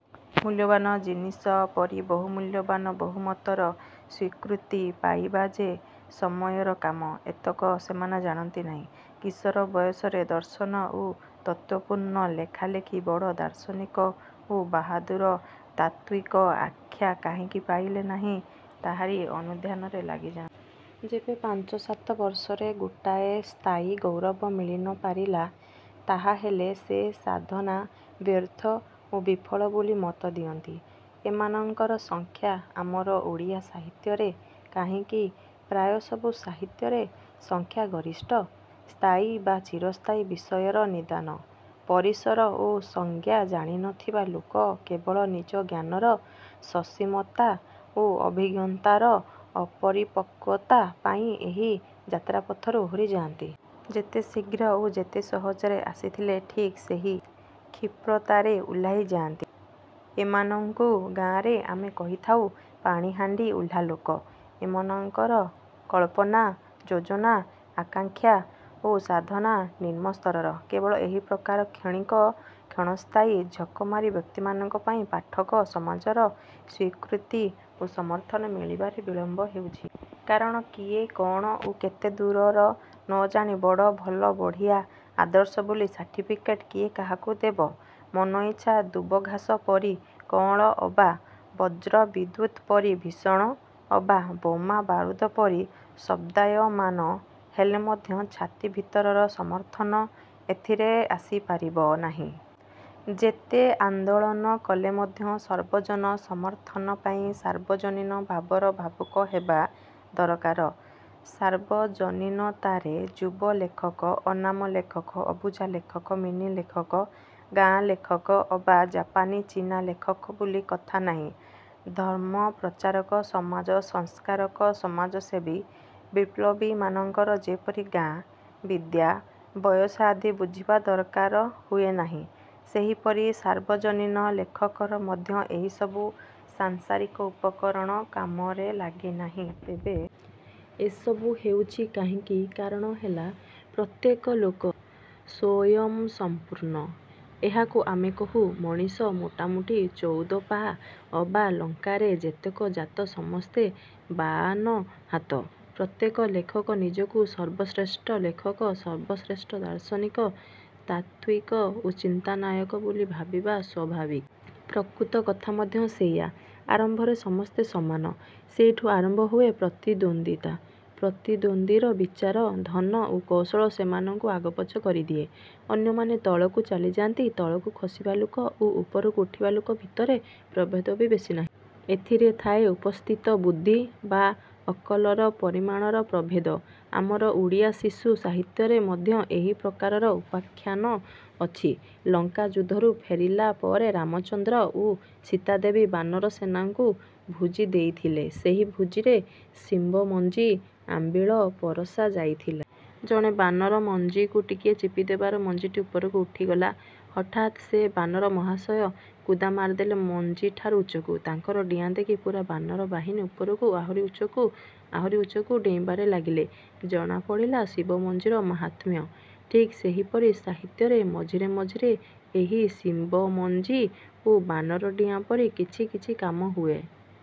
ମୂଲ୍ୟବାନ ଜିନିଷ ପରି ବହୁମୂଲ୍ୟବାନ ବହୁମତର ସ୍ୱୀକୃତି ପାଇବା ଯେ ସମୟର କାମ, ଏତକ ସେମାନେ ଜାଣନ୍ତି ନାହିଁ। କିଶୋର ବୟସରେ ଦର୍ଶନ ଓ ତତ୍ତ୍ୱପୂର୍ଣ୍ଣ ଲେଖା ଲେଖି ବଡ଼ ଦାର୍ଶନିକ ଓ ବାହାଦୁର ତାତ୍ତ୍ୱିକ ଆଖ୍ୟା କାହିଁକି ପାଇଲେ ନାହିଁ, ତାହାରି ଅନୁଧ୍ୟାନରେ ଲାଗିଯାଆନ୍ତି। ଯେବେ ପାଞ୍ଚ ସାତ ବର୍ଷରେ ଗୋଟାଏ ସ୍ଥାୟୀ ଗୌରବ ମିଳି ନ ପାରିଲା, ତାହାହେଲେ ସେ ସାଧନା ବ୍ୟର୍ଥ ଓ ବିଫଳ ବୋଲି ମତ ଦିଅନ୍ତି। ଏମାନଙ୍କର ସଂଖ୍ୟା ଆମର ଓଡ଼ିଆ ସାହିତ୍ୟରେ କାହିଁକି, ପ୍ରାୟ ସବୁ ସାହିତ୍ୟରେ ସଂଖ୍ୟାଗରିଷ୍ଠ। ସ୍ଥାୟୀ ବା ଚିରସ୍ଥାୟୀ ବିଷୟର ନିଦାନ, ପରିସର ଓ ସଂଜ୍ଞା ଜାଣି ନ ଥିବା ଲୋକ କେବଳ ନିଜ ଜ୍ଞାନର ସସୀମତା ଓ ଅଭିଜ୍ଞତାର ଅପରିପକ୍ୱତା ପାଇଁ ଏହି ଯାତ୍ରାପଥରୁ ଓହରି ଯାଆନ୍ତି। ଯେତେ ଶୀଘ୍ର ଓ ଯେତେ ସହଜରେ ଆସିଥିଲେ, ଠିକ୍ ସେହି କ୍ଷିପ୍ରତାରେ ଓହ୍ଲାଇ ଯାଆନ୍ତି। ଏମାନଙ୍କୁ ଗାଁରେ ଆମେ କହିଥାଉ ପାଣିହାଣ୍ଡି ଓହ୍ଲା ଲୋକ। ଏମାନଙ୍କର କଳ୍ପନା, ଯୋଜନା, ଆକାଙ୍କ୍ଷା ଓ ସାଧନା ନିମ୍ନ ସ୍ତରର। କେବଳ ଏହି ପ୍ରକାର କ୍ଷଣିକ, କ୍ଷଣସ୍ଥାୟୀ ଝକମାରୀ ବ୍ୟକ୍ତିମାନଙ୍କ ପାଇଁ ପାଠକ ସମାଜର ସ୍ୱୀକୃତି ଓ ସମର୍ଥନ ମିଳିବାରେ ବିଳମ୍ବ ହେଉଛି। କାରଣ କିଏ କଣ ଓ କେତେ ଦୂରର ନ ଜାଣି ବଡ଼, ଭଲ, ବଢ଼ିଆ, ଆଦର୍ଶ ବୋଲି ସାର୍ଟିଫିକେଟ କିଏ କାହାକୁ ଦେବ? ମନଇଚ୍ଛା ଦୁବଘାସ ପରି କଅଁଳ ଅବା ବଜ୍ର ବିଦ୍ୟୁତ ପରି ଭୀଷଣ ଅବା ବୋମା ବାରୁଦ ପରି ଶବ୍ଦାୟମାନ ହେଲେ ମଧ୍ୟ ଛାତି ଭିତରର ସମର୍ଥନ ଏଥିରେ ଆସିପାରିବ ନାହିଁ। ଯେତେ ଆନ୍ଦୋଳନ କଲେ ମଧ୍ୟ ସର୍ବଜନ ସମର୍ଥନ ପାଇଁ ସାର୍ବଜନୀନ ଭାବର ଭାବୁକ ହେବା ଦରକାର। ସାର୍ବଜନୀନତାରେ ଯୁବ ଲେଖକ, ଅନାମ ଲେଖକ, ଅବୁଝା ଲେଖକ, ମିନି ଲେଖକ, ଗାଁ ଲେଖକ ଅବା ଜାପାନୀ ଚୀନା ଲେଖକ ବୋଲି କଥା ନାହିଁ। ଧର୍ମପ୍ରଚାରକ, ସମାଜ ସଂସ୍କାରକ, ସମାଜସେବୀ, ବିପ୍ଳବୀମାନଙ୍କର ଯେପରି ଗାଁ, ବିଦ୍ୟା, ବୟସ ଆଦି ବୁଝିବା ଦରକାର ହୁଏ ନାହିଁ, ସେହିପରି ସାର୍ବଜନୀନ ଲେଖକର ମଧ୍ୟ ଏହିସବୁ ସାଂସାରିକ ଉପକରଣ କାମରେ ଲାଗେ ନାହିଁ। ତେବେ ଏସବୁ ହେଉଛି କାହିଁକି? କାରଣ ହେଲା ପ୍ରତ୍ୟେକ ଲୋକ ସ୍ୱୟଂସମ୍ପୂର୍ଣ୍ଣ। ଏହାକୁ ଆମେ କହୁ, ମଣିଷ ମୋଟାମୋଟି ଚଉଦ ପାଆ, ଅବା ଲଙ୍କାରେ ଯେତେକ ଜାତ ସମସ୍ତେ ବାଆନ ହାତ। ପ୍ରତ୍ୟେକ ଲେଖକ ନିଜକୁ ସର୍ବଶ୍ରେଷ୍ଠ ଲେଖକ, ସର୍ବଶ୍ରେଷ୍ଠ ଦାର୍ଶନିକ, ତାତ୍ତ୍ୱିକ ଓ ଚିନ୍ତାନାୟକ ବୋଲି ଭାବିବା ସ୍ୱାଭାବିକ। ପ୍ରକୃତ କଥା ମଧ୍ୟ ସେଇଆ। ଆରମ୍ଭରେ ସମସ୍ତେ ସମାନ। ସେଇଠୁ ଆରମ୍ଭ ହୁଏ ପ୍ରତିଦ୍ୱନ୍ଦ୍ୱିତା। ପ୍ରତିଦ୍ୱନ୍ଦ୍ୱୀର ବିଚାର, ଧନ ଓ କୌଶଳ ସେମାନଙ୍କୁ ଆଗପଛ କରିଦିଏ। ଅନ୍ୟମାନେ ତଳକୁ ଚାଲିଯାନ୍ତି। ତଳକୁ ଖସିବା ଲୋକ ଓ ଉପରକୁ ଉଠିବା ଲୋକ ଭିତରେ ପ୍ରଭେଦ ବି ବେଶି ନାହିଁ। ଏଥିରେ ଥାଏ ଉପସ୍ଥିତ ବୁଦ୍ଧି ବା ଅକଲର ପରିମାଣର ପ୍ରଭେଦ। ଆମର ଓଡ଼ିଆ ଶିଶୁ ସାହିତ୍ୟରେ ମଧ୍ୟ ଏହି ପ୍ରକାରର ଉପାଖ୍ୟାନ ଅଛି। ଲଙ୍କା ଯୁଦ୍ଧରୁ ଫେରିଲା ପରେ ରାମଚନ୍ଦ୍ର ଓ ସୀତାଦେବୀ ବାନର ସେନାଙ୍କୁ ଭୋଜି ଦେଇଥିଲେ। ସେଇ ଭୋଜିରେ ଶିମ୍ବମଞ୍ଜି ଆମ୍ବିଳ ପରଶା ଯାଇଥିଲା। ଜଣେ ବାନର ମଞ୍ଜିକୁ ଟିକିଏ ଚିପିଦେବାରୁ ମଞ୍ଜିଟି ଉପରକୁ ଉଠିଗଲା। ହଠାତ୍ ସେ ବାନର ମହାଶୟ କୁଦା ମାରିଦେଲେ ମଞ୍ଜିଠାରୁ ଉଚ୍ଚକୁ। ତାଙ୍କର ଡିଆଁ ଦେଖି ପୂରା ବାନର ବାହିନୀ ଉପରକୁ, ଆହୁରି ଉଚ୍ଚକୁ, ଆହୁରି ଉଚ୍ଚକୁ ଡେଇଁବାରେ ଲାଗିଲେ। ଜଣାପଡ଼ିଲା ଶିମ୍ବମଞ୍ଜିର ମାହାତ୍ମ୍ୟ। ଠିକ୍ ସେହିପରି ସାହିତ୍ୟରେ ମଝିରେ ମଝିରେ ଏହି ଶିମ୍ବମଞ୍ଜି ଓ ବାନର ଡିଆଁ ପରି କିଛି କିଛି କାମ ହୁଏ।